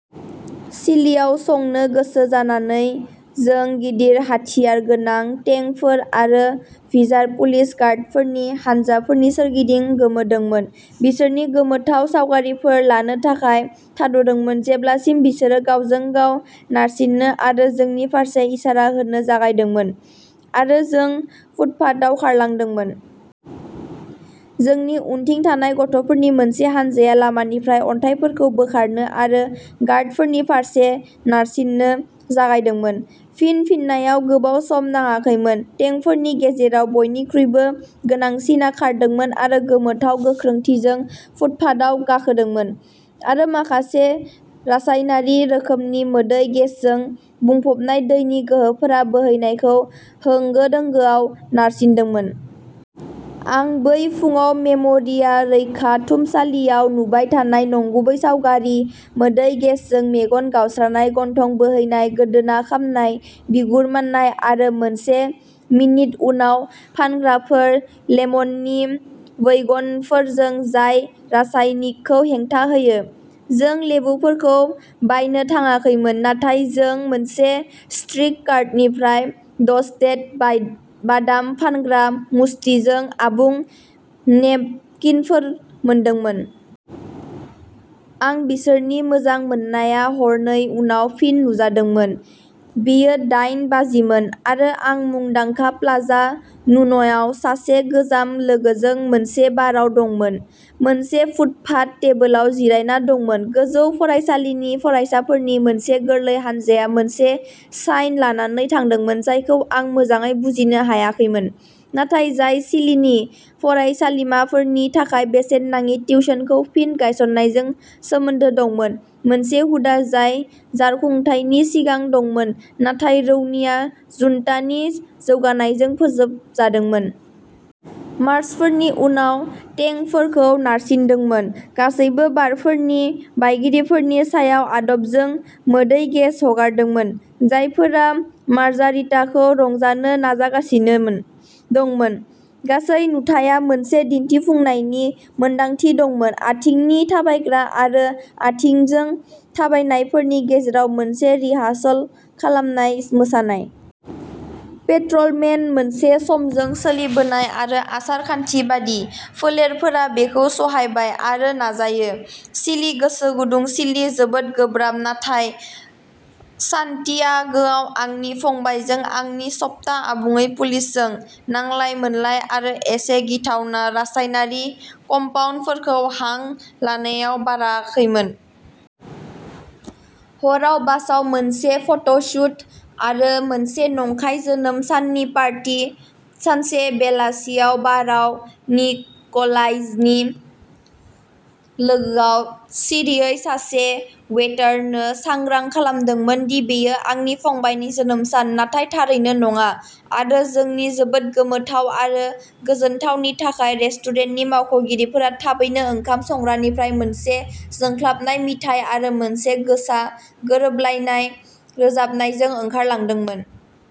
चिलीआव संनो गोसो जानानै, जों गिदिर हाथियारगोनां टेंकफोर आरो भिजार पुलिस गार्डफोरनि हानजाफोरनि सोरगिदिं गोमोदोंमोन, बिसोरनि गोमोथाव सावगारिफोर लानो थाखाय थाद'दोंमोन जेब्लासिम बिसोरो गावजों-गाव नारसिन्नो आरो जोंनि फारसे इसारा होनो जागायदोंमोन आरो जों फुटपाथआव खारलांदोंमोन। जोंनि उनथिं थानाय गथ'फोरनि मोनसे हानजाया लामानिफ्राय अन्थाइफोरखौ बोखारनो आरो गार्डफोरनि फारसे नारसिन्नो जागायदोंमोन। फिन फिननायाव गोबाव सम नाङाखैमोन टेंकफोरनि गेजेराव बयनिख्रुइबो सिगांसिनआ खारदोंमोन, आरो गोमोथाव गोख्रैथिजों फुटपाथआव गाखोदोंमोन आरो माखासे रासायनारि रोखोमनि मोदै गेसजों बुंफबनाय दैनि गोहोगोरा बोहैनायखौ होंगो-दोंगोआव नारसिन्दोंमोन। आं बै फुंआव मेम'रिया रैखाथुमसालियाव नुबाय थानाय नंगुबै सावगारि। मोदै गेसजों मेगन गावस्रानाय, गन्थं बोहैनाय, गोदोना खामनाय, बिगुर माननाय आरो मोनसे मिनिट उनाव, फानग्राफोर लेमननि वैगनफोरजों, जाय रासायनिकखौ हेंथा होयो। जों लेबुफोरखौ बायनो थांङाखैमोन, नाथाय जों मोनसे स्ट्रीट कार्टनिफ्राय टस्टेड बादाम फानग्रा मुष्टिजों आबुं नेपकिनफोर मोनदोंमोन! आं बिसोरनि मोजां मोननाया हरनै उनाव फिन नुजादोंमोन। बेयो दाइन बाजिमोन आरो आं मुंदांखा प्लाजा नुन'याव सासे गोजाम लोगोजों मोनसे बारआव दंमोन, मोनसे फुटपाथ टेबोलाव जिरायना दंमोन। गोजौ फरायसालिनि फरायसाफोरनि मोनसे गोरलै हानजाया मोनसे साइन लानानै थांदोंमोन जायखौ आं मोजाङै बुजिनो हायाखैमोन, नाथाय जाय चिलीनि फरायसालिमाफोरनि थाखाय बेसेन नाङि टिउशनखौ फिन गायसननायजों सोमोन्दो दंमोन, मोनसे हुदा जाय जारखुंथायनि सिगां दंमोन नाथाय रौनिया जुन्टानि जौगानायजों फोजोबजादोंमोन। मार्चारफोरनि उनाव टेंकफोरखौ नारसिंदोंमोन, गासैबो बारफोरनि बायगिरिफोरनि सायाव आदबजों मोदै गेस हगारदोंमोन, जायफोरा मार्जारिताखौ रंजानो नाजागासिनो दंमोन। गासै नुथाया मोनसे दिन्थिफुंनायनि मोनदांथि दंमोन आथिंजों थाबायग्रा आरो आथिंजों थाबायनायफोरनि गेजेराव मोनसे रिहार्सेल खालामनाय मोसानाय। पेट्रलमेन, मोनसे समजों सोलिबोनाय आरो आसार-खान्थि बायदि। फोलेरफोरा बेखौ सहायबाय आरो नाजायो। चिलि, गोसो गुदुं, चिलि, जोबोद गोब्राब। नाथाय, सान्टियागोआव आंनि फंबायजों आंनि सप्ता आबुङै पुलिसजों नांलाय-मोनलाय आरो एसे गिथावना रासायनारि कम्पाउन्डफोरखौ हां लानायाव बाराखैमोन। हराव बासआव मोनसे फटसुट आरो मोनसे नंखाय जोनोम साननि पार्टी सानसे बेलासियाव बारआव निक'लाइनि लोगोआ सिरियै सासे वेटारनो सांग्रां खालामदोंमोन दि बेयो आंनि फंबायनि जोनोम सान, नाथाय थारैनो नङा, आरो जोंनि जोबोद गोमोथाव आरो गोजोनथावनि थाखाय रेस्टुरेन्टनि मावख'गिरिफोरा थाबैनो ओंखाम संग्रानिफ्राय मोनसे जोंख्लाबनाय मिथाइ आरो मोनसे गोसा, गोरोबलायनाय रोजाबनायजों ओंखारलांदोंमोन।